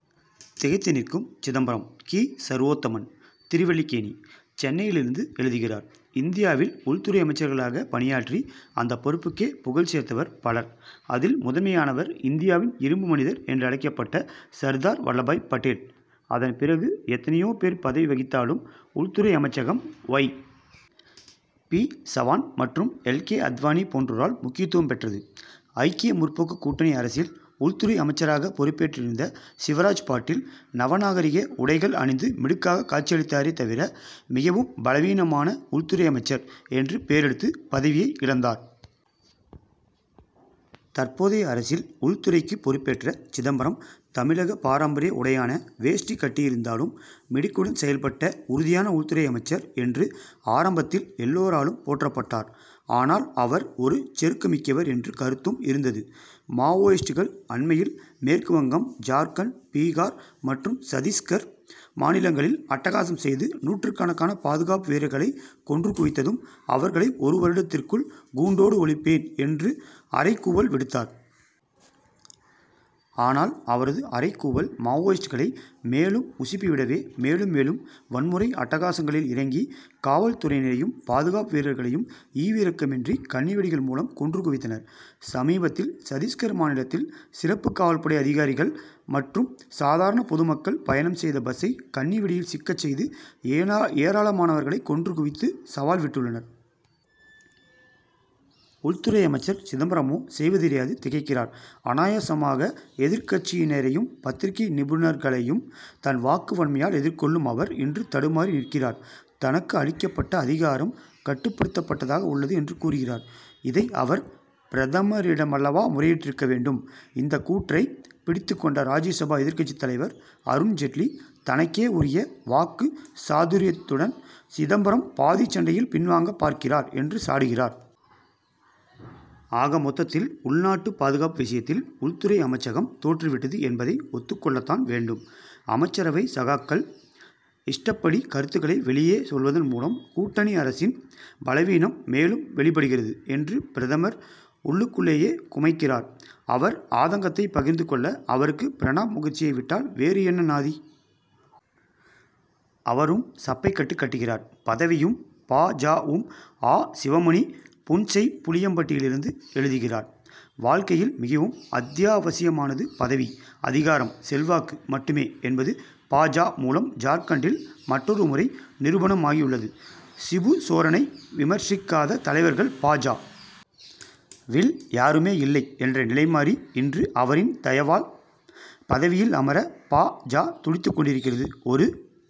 திகைத்து நிற்கும் சிதம்பரம்! கி. சர்வோத்தமன், திருவல்லிக்கேணி, சென்னையிலிருந்து எழுதுகிறார் இந்தியாவில் உள்துறை அமைச்சர்களாகப் பணியாற்றி, அந்தப் பொறுப்புக்கே புகழ் சேர்த்தவர் பலர். அதில் முதன்மையானவர், இந்தியாவின் இரும்பு மனிதர் என்றழைக்கப்பட்ட சர்தார் வல்லபாய் படேல். அதன் பிறகு எத்தனை யோ பேர் பதவி வகித்தாலும், உள் துறை அமைச்சகம், ஒய். பி. சவான் மற்றும் எல். கே. அத்வானி போன்றோரால் முக்கியத்துவம் பெற்றது. ஐக்கிய முற்போக்கு கூட்டணி அரசில், உள்துறை அமைச்சராகப் பொறுப்பேற்றிருந்த சிவராஜ் பாட்டீல், நவநாகரிக உடைகள் அணிந்து மிடுக்காகக் காட்சியளித்தாரே தவிர, மிகவும் பலவீனமான உள்துறை அமைச்சர் என்று பேர் எடுத்து, பதவியை இழந்தார். தற்போதைய அரசில் உள்துறைக் குப் பொறுப்பேற்ற சிதம்பரம், தமிழகப் பாரம்பரிய உடையான வேஷ்டி கட்டியிருந்தாலும், மிடுக்குடன் செயல்பட்ட உறுதியான உள்துறை அமைச்சர் என்று, ஆரம்பத்தில் எல்லாராலும் போற்றப்பட்டார். ஆனால், அவர் ஒரு செறுக்குமிக்கவர் என்ற கருத்தும் இருந்தது. மாவோயிஸ்டுகள் அண்மையில் மேற்கு வங்கம், ஜார்க்கண்ட், பீகார் மற்றும் சத்திஸ்கர் மாநிலங்களில் அட்டகாசம் செய்து, நூற்றுக்கணக்கான பாதுகாப்பு வீரர்களைக் கொன்று குவித்ததும், அவர்களை ஒரு வருடத்திற்குள் கூண்டோடு ஒழிப்பேன் என்று அறைகூவல் விடுத்தார். ஆனால், அவரது அறைகூவல், மாவோயிஸ்டுகளை மேலும் உசுப்பி விடவே, மேலும், மேலும் வன்முறை அட்டகாசங்களில் இறங்கி, காவல் துறையினரையும், பாதுகாப்பு வீரர்களையும் ஈவு இரக்கமின்றி, கண்ணி வெடிகள் மூலம், கொன்று குவித்தனர். சமீபத்தில் சத்திஸ்கர் மாநிலத்தில் சிறப்பு காவல்படை அதிகாரிகள் மற்றும் சாதாரணப் பொதுமக்கள் பயணம் செய்த பஸ்சை, கண்ணிவெடியில் சிக்கச் செய்து, ஏராளமானவர்களைக் கொன்று குவித்து சவால் விட்டுள்ளனர். உள்துறை அமைச்சர் சிதம்பரமோ, செய்வதறியாது திகைக்கிறார். அநாயசமாக எதிர்க்கட்சியினரையும், பத்திரிகை நிருபர்களையும், தன் வாக்கு வன்மையால் எதிர்கொள்ளும் அவர், இன்று தடுமாறி நிற்கிறார். தனக்கு அளிக்கப்பட்ட அதிகாரம், கட்டுப்படுத்தப்பட்டதாக உள்ளது என்று கூறுகிறார். இதை அவர், பிரதமரிடமல்லவோ முறையிட்டிருக்க வேண்டும்! இந்த கூற்றை பிடித்துக் கொண்ட, ராஜ்யசபா எதிர்க்கட்சித் தலைவர் அருண் ஜெட்லி, தனக்கே உரிய வாக்கு சாதுர்யத்துடன், சிதம்பரம் பாதிச் சண்டையில் பின்வாங்கப் பார்க்கிறார் என்று சாடுகிறார். ஆக மொத்தத்தில், உள்நாட்டு பாதுகாப்பு விஷயத்தில் உள்துறை அமைச்சகம் தோற்று விட்டது என்பதை, ஒத்துக் கொள்ளத்தான் வேண்டும். அமைச்சரவை சகாக்கள், இஷ்டப்படி கருத்துக்களை வெளியே சொல்வதன் மூலம், கூட்டணி அரசின் பலவீனம் மேலும் வெளிப்படுகிறது என்று பிரதமர் உள்ளுக்குள்ளேயே குமைகிறார். அவர் ஆதங்கத்தைப் பகிர்ந்து கொள்ள, அவருக்கு பிரணாப் முகர்ஜியை விட்டால், வேறு என்ன நாதி? அவரும் சப்பைக்கட்டு கட்டுகிறார். பதவியும் பா. ஜ.,வும்! ஆ. சிவமணி, புன்செய்ப்புளியம்பட்டியிலிருந்து எழுதுகிறார் வாழ்க் கையில் மிகவும் அத்தியாவசியமானது பதவி, அதிகாரம், செல்வாக்கு மட்டு மே என்பது, பா. ஜ., மூலம், ஜார்க்கண்டில் மற்றொரு முறை நிரூபணமாகியுள்ளது. சிபுசோரனை விமர்சிக் காத தலைவர்கள், பா. ஜ., வில் யாருமே இல்லை என்ற நிலைமாறி, இன்று அவரின் தயவால், பதவியில் அமர பா. ஜ., துடித்து கொண்டிருக்கிறது. ஒரு